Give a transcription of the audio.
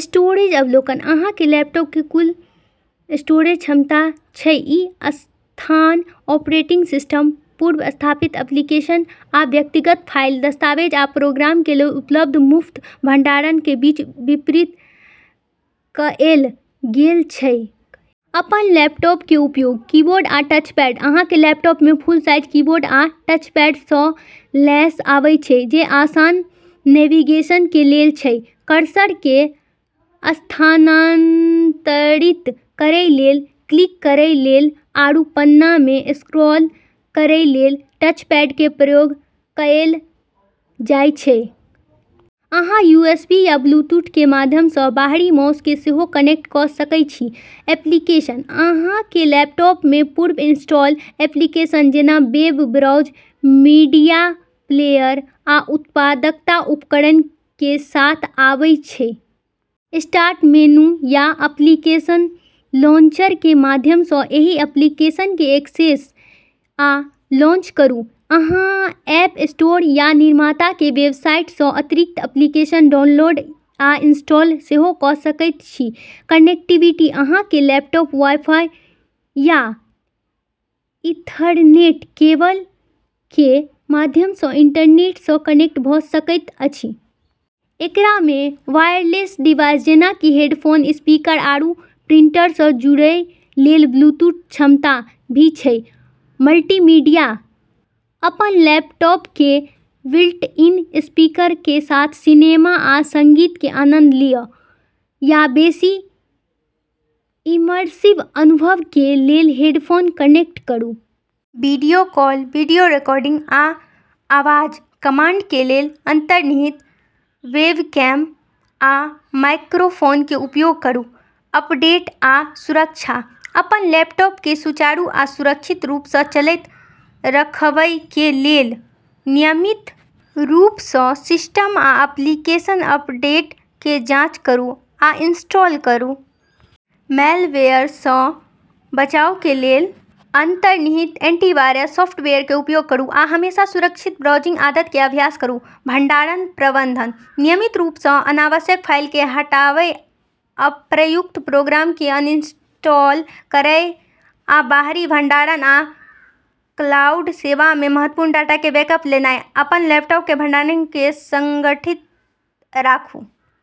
स्टोरोज अवलोकन: अहाँ के लैपटॉप के कुल स्टोरेज क्षमता छै। ई स्थान ऑपरेटिंग सिस्टम, पूर्व-स्थापित एप्लीकेशन, आ व्यक्तिगत फाइल, दस्तावेज आ प्रोग्राम के लेल उपलब्ध मुफ्त भंडारण के बीच वितरित कएल गेल छै। अपन लैपटॉप के उपयोग:- कीबोर्ड आ टचपैड: अहाँ के लैपटॉप में फुल साइज कीबोर्ड आ टचपैड सँ लैस आबै छै जे आसान नेविगेशन के लेल छै। कर्सर के स्थानांतरित करै लेल, क्लिक करै लेल आरू पन्ना में स्क्रॉल करै लेल टचपैड के प्रयोग कएल जाय छै। अहाँ यूएसबी या ब्लूटूथ के माध्यम सँ बाहरी माउस के सेहो कनेक्ट क' सकय छी। एप्लीकेशन: अहाँ के लैपटॉप में पूर्व-इंस्टॉल एप्लीकेशन जेना वेब ब्राउज़र, मीडिया प्लेयर, आ उत्पादकता उपकरण के साथ आबै छै। स्टार्ट मेनू या एप्लीकेशन लांचर के माध्यम सँ एहि एप्लीकेशन के एक्सेस आ लॉन्च करूँ। अहाँ ऐप स्टोर या निर्माता के वेबसाइट सँ अतिरिक्त एप्लीकेशन डाउनलोड आ इंस्टॉल सेहो क' सकैत छी। कनेक्टिविटी: अहाँ के लैपटॉप वाई-फाई या ईथरनेट केबल के माध्यम सँ इंटरनेट सँ कनेक्ट भऽ सकैत अछि। एकरा में वायरलेस डिवाइस जेना कि हेडफोन, स्पीकर, आरू प्रिंटर सँ जुड़ै लेल ब्लूटूथ क्षमता भी छै। मल्टीमीडिया: अपन लैपटॉप के बिल्ट-इन स्पीकर के साथ सिनेमा आ संगीत के आनंद लिय, या बेसी इमर्सिव अनुभव के लेल हेडफोन कनेक्ट करू। वीडियो कॉल, वीडियो रिकॉर्डिंग, आ आवाज कमांड के लेल अंतर्निहित वेबकैम आ माइक्रोफोन के उपयोग करू। अपडेट आ सुरक्षा: अपन लैपटॉप के सुचारू आ सुरक्षित रूप सँ चलैत रखबय के लेल नियमित रूप सँ सिस्टम आ एप्लीकेशन अपडेट के जांच करू आ इंस्टॉल करू। मैलवेयर सँ बचाव के लेल अंतर्निहित एंटीवायरस सॉफ्टवेयर के उपयोग करू, आ हमेशा सुरक्षित ब्राउजिंग आदत के अभ्यास करू। भंडारण प्रबंधन: नियमित रूप सँ अनावश्यक फाइल के हटावय, अप्रयुक्त प्रोग्राम के अनइंस्टॉल करय, आ बाहरी भंडारण या क्लाउड सेवा में महत्वपूर्ण डाटा के बैकअप लेनाय, अपन लैपटॉप के भंडारण के संगठित राखूँ।